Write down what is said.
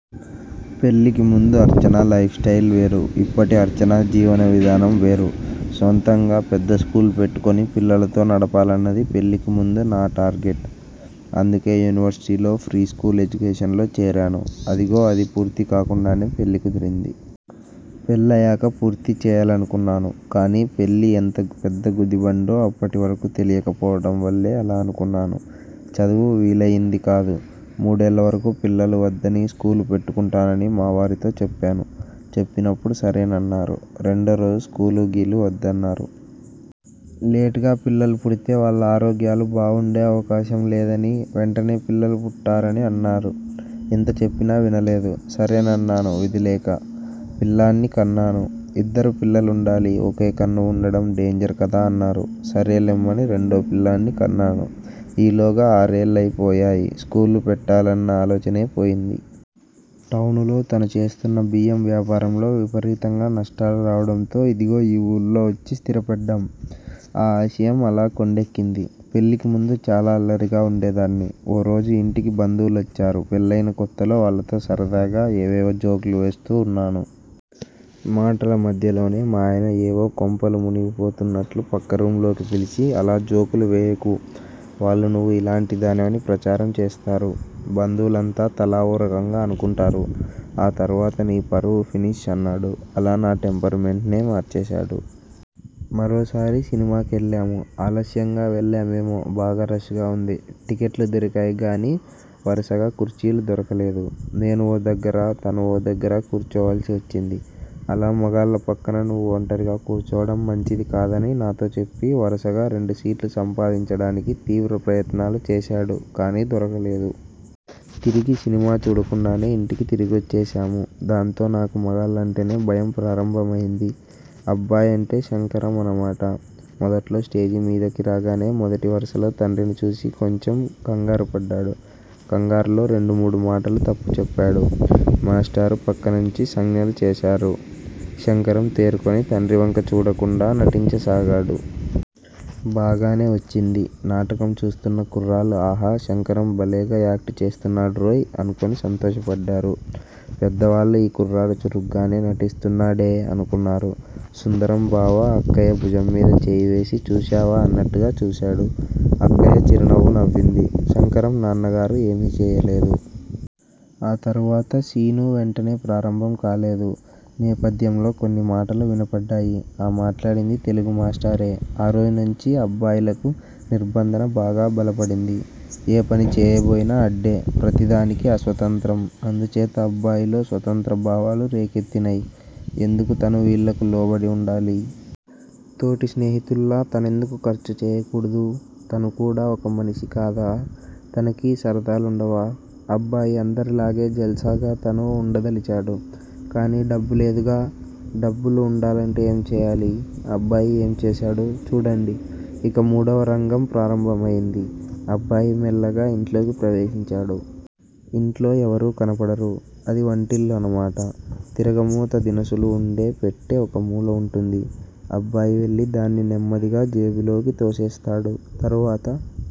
పెళ్ళికి ముందు Archana life style వేరు, ఇప్పటి అర్చన జీవన విధానం వేరు. స్వంతంగా పెద్ద స్కూలు పెట్టుకొని, పిల్లలతో నడపాలన్నదీ పెళ్ళికి ముందు నా టార్గెట్. అందుకే యూనివర్శిటీలో ఫ్రీ స్కూల్ ఎడ్యుకేషన్ లో చేరాను. అదిగో అది పూర్తి కాకుండానే పెళ్ళి కుదిరింది. పెళ్ళయ్యాక పూర్తి చేయాలనుకున్నాను. కానీ పెళ్ళి ఎంత పెద్ద గుది బండో అప్పటి వరకు తెలియక పోవడం వల్లే అలా అనుకున్నాను. చదువు వీలయింది కాదు. మూడేళ్ళ వరకు పిల్లలు వద్దని స్కూలు పెట్టుకుంటానని మా వారితో చెప్పాను. చెప్పినప్పుడు సరేనన్నారు. రెండో రోజు స్కూలూ గీలూ వద్దన్నారు. లేట్ గా పిల్లలు పుడితే వాళ్ళ ఆరోగ్యాలు బాగుండే అవకాశం లేదనీ, వెంటనే పిల్లలు పుట్టారని అన్నారు. ఎంత చెప్పినా వినలేదు. సరేనన్నాను విధి లేక. పిల్లాడ్ని కన్నాను. ఇద్దరు పిల్లలుండాలి. ఒకే కన్ను వుండడం డేంజర్ కదా అన్నారు. సరే లెమ్మని రెండో పిల్లాడ్ని కన్నాను ఈలోగా ఆరేళ్ళయి పోయాయి స్కూలు పెట్టాలన్న ఆలోచనే పోయింది. టౌనులో తను చేస్తున్న బియ్యం వ్యాపారంలో విపరీతంగా నష్టాలు రావడంతో ఇదిగో ఈ ఊర్లో వచ్చి స్థిర పడ్డాం. ఆ ఆశయం అలా కొండెక్కింది. పెళ్ళికి ముందు చాలా అల్లరిగా వుండేదాన్ని, ఓ రోజు ఇంటికి బంధువులొచ్చారు పెళ్ళయిన కొత్తలో వాళ్ళతో సరదాగా, ఏవేవో జోక్ లు వేస్తూ వున్నాను. మాటల మధ్యలోనే మా ఆయన ఏవో కొంపలు మునిగిపోతున్నట్లు పక్క రూమ్ లోకి పిలిచి, అలా జోకులు వేయకు. వాళ్ళు నువ్వు ఇలాంటి దానివని ప్రచారం చేస్తారు. బంధువులంతా తలా ఓ రకంగా అనుకుంటారు. ఆ తరువాత నీ పరువు ఫినిష్ అన్నాడు. అలా నా టెంపర్ మెంట్ నే మార్చేశాడు. మరోసారి సినిమా కెళ్ళాము. ఆలస్యంగా వెళ్ళామేమో బాగా రష్ గా వుంది. టిక్కెట్లు దొరికాయి గానీ వరసగా కుర్చీలు దొరకలేదు. నేను ఓ దగ్గిరా, తను ఓ దగ్గిరా కూర్చోవాల్సి వచ్చింది. అలా మగాళ్ళ పక్కన నువ్వు ఒంటరిగా కూర్చోవడం మంచిది కాదని నాతో చెప్పి వరుసగా రెండు సీట్లు సంపాదించడానికి తీవ్ర ప్రయత్నాలు చేశాడు కానీ దొరకలేదు. తిరిగి సినిమా చూడకుండానే ఇంటికి తిరిగొచ్చేశాము. దాంతో నాకు మగాళ్ళంటేనే భయం ప్రారంభమయింది. అబ్బాయంటే శంకరం అన్నమాట. మొదట్లో స్టేజీమీదకు రాగానే మొదటి వరుసలో తండ్రిని చూచి కొంచెం కంగారుపడ్డాడు. కంగారులో రెండుమూడు మాటలు తప్పు చెప్పాడు. మేస్టారు ప్రక్కనుంచి సంజ్ఞలు చేశారు. శంకరం తేరుకొని తండ్రివంక చూడకుండా నటించసాగాడు. బాగానే వచ్చింది. నాటకం చూస్తున్న కుర్రాళ్ళు ఆహా! శంకరం బలేగా యాక్టు చేస్తున్నాడ్రోయ్ అనుకోని సంతోషపడ్డారు. పెద్దవాళ్ళు ఈ కుర్రాడు చురుగ్గానే నటిస్తున్నాడే అనుకున్నారు. సుందరం బావ అక్కయ్య భుజంమీద చేయివేసి చూశావా అన్నట్టుగా చూశాడు. అక్కయ్య చిరునవ్వు నవ్వింది. శంకరం నాన్నగారు ఏమీ చెయ్యలేదు. ఆ తరువాత సీను వెంటనే ప్రారంభం కాలేదు. నేపథ్యంలో కొన్నిమాటలు వినపడ్డాయి. ఆ మాట్లాడింది తెలుగు మాస్టారే. ఆ రోజునుంచి అబ్బాయికి నిర్భంధన బాగా బలపడింది. ఏ పని చెయ్యబోయినా అడ్డే. ప్రతిదానికీ అస్వతంత్రం. అందుచేత అబ్బాయిలో స్వతంత్ర భావాలు రేకెత్తినై. ఎందుకు తను వీళ్ళకు లోబడి వుండాలి? తోటి స్నేహితుల్లా తనెందుకు ఖర్చు చెయ్యకూడదు? తను కూడా ఒక మనిషి కాదా? తనకీ సరదాలుండవా? అబ్బాయి అందరిలాగే జల్సాగా తనూ వుండదలిచాడు. కాని డబ్బు లేదుగా! డబ్బులు వుండాలంటే ఏం చెయ్యాలి? అబ్బాయి ఏంచేశాడు? చూడండి. ఇక మూడవ రంగం ప్రారంభమయింది. అబ్బాయి మెల్లగా యింట్లోకి ప్రవేశించాడు. యింట్లో ఎవరూ కనబడరు. అది వంటిల్లు అన్నమాట. తిరగమోత దినుసులు వుండే పెట్టె ఒక మూల వుంటుంది. అబ్బాయి వెళ్ళి దాన్ని నెమ్మదిగా జేబులోకి తోసేస్తాడు. తరువాత